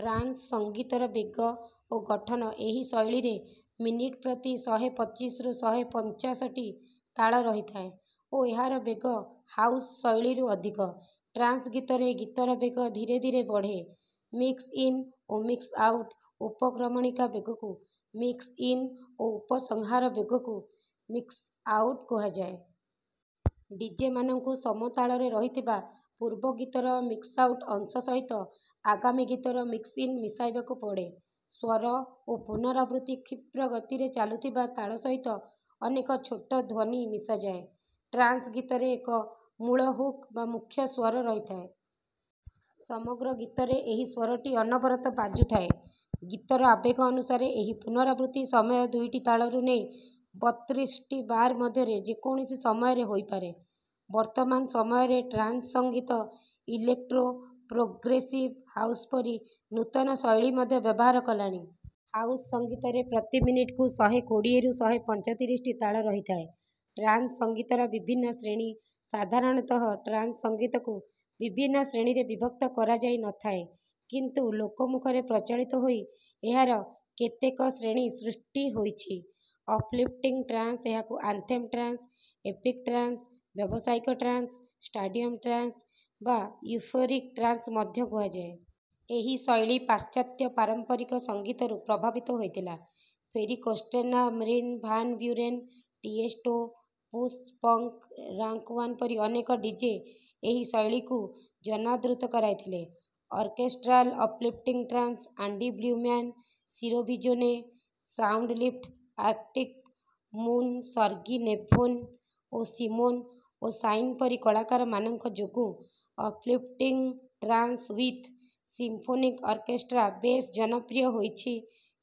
Trance ସଙ୍ଗୀତର ବେଗ ଓ ଗଠନଏହି ଶୈଳୀରେ ମିନିଟ୍ ପ୍ରତି ଶହେ ପଚିଶରୁ ଶହେ ପଞ୍ଚାଶଟି ତାଳ ରହିଥାଏ ଓ ଏହାର ବେଗ ହାଉସ୍ ଶୈଳୀରୁ ଅଧିକ। ଟ୍ରାନ୍ସ୍ ଗୀତରେ ଗୀତର ବେଗ ଧୀରେ ଧୀରେ ବଢ଼େ। ମିକ୍ସ୍-ଇନ୍ ଓ ମିକ୍ସ୍-ଆଉଟ୍ ଉପକ୍ରମଣିକା ବେଗକୁ ମିକ୍ସ୍ ଇନ୍ ଓ ଉପସଂହାର ବେଗକୁ ମିକ୍ସ୍ଆ ଉଟ୍ କୁହାଯାଏ। ଡିଜେମାନଙ୍କୁ ସମତାଳରେ ରହିଥିବା ପୂର୍ବ ଗୀତର ମିକ୍ସ୍ଆ ଉଟ୍ ଅଂଶ ସହିତ ଆଗାମୀ ଗୀତର ମିକ୍ସ୍-ଇନ୍ ମିଶାଇବାକୁ ପଡ଼େ। ସ୍ୱର ଓ ପୁନରାବୃତ୍ତି କ୍ଷିପ୍ର ଗତିରେ ଚାଲୁଥିବା ତାଳ ସହିତ ଅନେକ ଛୋଟ ଧ୍ୱନି ମିଶାଯାଏ। ଟ୍ରାନ୍ସ୍ ଗୀତରେ ଏକ ମୂଳ ହୁକ୍ ବା ମୁଖ୍ୟ ସ୍ୱର ରହିଥାଏ। ସମଗ୍ର ଗୀତରେ ଏହି ସ୍ୱରଟି ଅନବରତ ବାଜୁଥାଏ। ଗୀତର ଆବେଗ ଅନୁସାରେ ଏହି ପୁନରାବୃତ୍ତି ସମୟ ଦୁଇଟି ତାଳରୁ ନେଇ ବତ୍ରିଶଟି ବାର୍ ମଧ୍ୟରେ ଯେକୌଣସି ସମୟରେ ହୋଇପାରେ। ବର୍ତ୍ତମାନ ସମୟରେ ଟ୍ରାନ୍ସ୍ ସଙ୍ଗୀତ ଇଲେକ୍ଟ୍ରୋ, ପ୍ରୋଗ୍ରେସିଭ୍ ହାଉସ୍ ପରି ନୂତନ ଶୈଳୀ ମଧ୍ୟ ବ୍ୟବହାର କଲାଣି। ହାଉସ୍ ସଙ୍ଗୀତରେ ପ୍ରତି ମିନିଟ୍‌କୁ ଶହେ କୋଡ଼ିଏରୁ ଶହେ ପଞ୍ଚତିରିଶଟି ତାଳ ରହିଥାଏ। ଟ୍ରାନ୍ସ୍ ସଙ୍ଗୀତର ବିଭିନ୍ନ ଶ୍ରେଣୀସାଧାରଣତଃ ଟ୍ରାନ୍ସ୍ ସଙ୍ଗୀତକୁ ବିଭିନ୍ନ ଶ୍ରେଣୀରେ ବିଭକ୍ତ କରାଯାଇ ନ ଥାଏ କିନ୍ତୁ ଲୋକମୁଖରେ ପ୍ରଚଳିତ ହୋଇ ଏହାର କେତେକ ଶ୍ରେଣୀ ସୃଷ୍ଟି ହୋଇଛି ଅପ୍ଲିଫ୍ଟିଂଗ୍ ଟ୍ରାନ୍ସ୍ ଏହାକୁ ଆନ୍ଥେମ୍ ଟ୍ରାନ୍ସ୍, ଏପିକ୍ ଟ୍ରାନ୍ସ୍, ବ୍ୟବସାୟିକ ଟ୍ରାନ୍ସ୍, ଷ୍ଟାଡ଼ିୟମ୍ ଟ୍ରାନ୍ସ୍ ବା ୟୁଫୋରିକ୍ ଟ୍ରାନ୍ସ୍ ମଧ୍ୟ କୁହାଯାଏ। ଏହି ଶୈଳୀ ପାଶ୍ଚାତ୍ୟ ପାରମ୍ପରିକ ସଙ୍ଗୀତରୁ ପ୍ରଭାବିତ ହୋଇଥିଲା। Ferry Corsten Armin van Buuren, Tiesto, Push, Punk, Rank One ପରି ଅନେକ ଡିଜେ ଏହି ଶୈଳୀକୁ ଜନାଦୃତ କରାଇଥିଲେ। Orchestral uplifting trance Andy Blueman, Ciro Visone, Soundlift Arctic Moon Sergey Nevone ଓ ସିମୋନ୍ ଓ'ଶାଇନ୍ ପରି କଳାକାରମାନଙ୍କ ଯୋଗୁଁ uplifting trance with symphonic orchestra ବେଶ୍ ଜନପ୍ରିୟ ହୋଇଛି।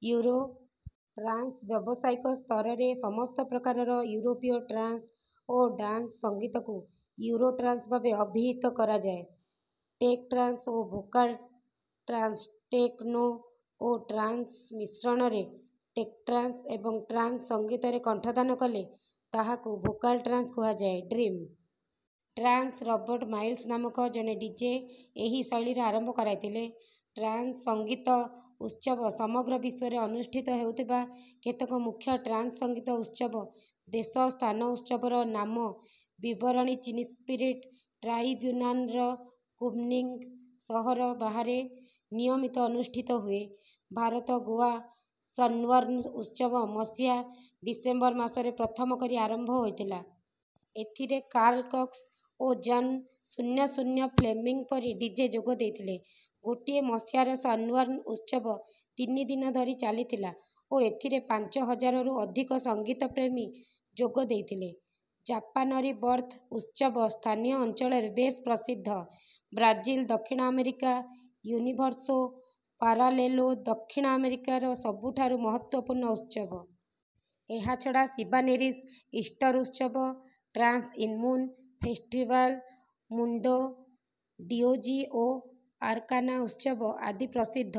ୟୁରୋ ଟ୍ରାନ୍ସ୍ ବ୍ୟବସାୟିକ ସ୍ତରରେ ସମସ୍ତ ପ୍ରକାରର ଇଉରୋପୀୟ ଟ୍ରାନ୍ସ୍ ଓ ଡାନ୍ସ୍ ସଙ୍ଗୀତକୁ ୟୁରୋ ଟ୍ରାନ୍ସ୍ ଭାବେ ଅଭିହିତ କରାଯାଏ। ଟେକ୍ ଟ୍ରାନ୍ସ୍ ଓ ଭୋକାଲ୍ ଟ୍ରାନ୍ସ୍ଟେକ୍ନୋ ଓ ଟ୍ରାନ୍ସ୍ର ମିଶ୍ରଣରେ ଟେକ୍ ଟ୍ରାନ୍ସ୍ ଏବଂ ଟ୍ରାନ୍ସ୍ ସଙ୍ଗୀତରେ କଣ୍ଠଦାନ କଲେ ତାହାକୁ ଭୋକାଲ୍ ଟ୍ରାନ୍ସ୍ କୁହାଯାଏ। ଡ୍ରିମ୍ ଟ୍ରାନ୍ସ୍ ରବର୍ଟ୍ ମାଇଲ୍ସ୍ ନାମକ ଜଣେ ଡିଜେ ଏହି ଶୈଳୀର ଆରମ୍ଭ କରାଇଥିଲେ। ଟ୍ରାନ୍ସ୍ ସଙ୍ଗୀତ ଉତ୍ସବସମଗ୍ର ବିଶ୍ୱରେ ଅନୁଷ୍ଠିତ ହେଉଥିବା କେତେକ ମୁଖ୍ୟ ଟ୍ରାନ୍ସ୍ ସଙ୍ଗୀତ ଉତ୍ସବ ଦେଶ ସ୍ଥାନଉତ୍ସବର ନାମବିବରଣୀଚୀନ୍ସ୍ପିରିଟ୍ ଟ୍ରାଇବ୍ୟୁନାନ୍ର କୁନ୍ମିଂଗ୍ ସହର ବାହାରେ ନିୟମିତ ଅନୁଷ୍ଠିତ ହୁଏ। ଭାରତ ଗୋଆ ସନ୍ବର୍ଣ୍ଣ୍ ଉତ୍ସବମସିହା ଡିସେମ୍ବର ମାସରେ ପ୍ରଥମ କରି ଆରମ୍ଭ ହୋଇଥିଲା। ଏଥିରେ କାର୍ଲ୍ କକ୍ସ୍ ଓ ଜନ୍ 'ଶୂନ୍ୟ ଶୂନ୍ୟ' ଫ୍ଲେମିଂଗ୍ ପରି ଡିଜେ ଯୋଗ ଦେଇଥିଲେ। ଗୋଟିଏ ମସିହାର ସନ୍ବର୍ଣ୍ଣ୍ ଉତ୍ସବ ତିନି ଦିନ ଧରି ଚାଲିଥିଲା ଓ ଏଥିରେ ପାଞ୍ଚ ହଜାରରୁ ଅଧିକ ସଙ୍ଗୀତପ୍ରେମୀ ଯୋଗ ଦେଇଥିଲେ। ଜାପାନରି-ବର୍ଥ୍ ଉତ୍ସବସ୍ଥାନୀୟ ଅଞ୍ଚଳରେ ବେଶ୍ ପ୍ରସିଦ୍ଧ। ବ୍ରାଜିଲ୍ ଦକ୍ଷିଣ ଆମେରିକା ୟୁନିଭର୍ସୋ ପାରାଲେଲୋଦକ୍ଷିଣ ଆମେରିକାର ସବୁଠାରୁ ମହତ୍ତ୍ୱପୂର୍ଣ୍ଣ ଉତ୍ସବ। ଏହାଛଡ଼ା ଶିବାନେରିସ୍ ଇଷ୍ଟର୍ ଉତ୍ସବ, Trance in Moon, festival Mundo de Oz ଓ ଆର୍କାନା ଉତ୍ସବ ଆଦି ପ୍ରସିଦ୍ଧ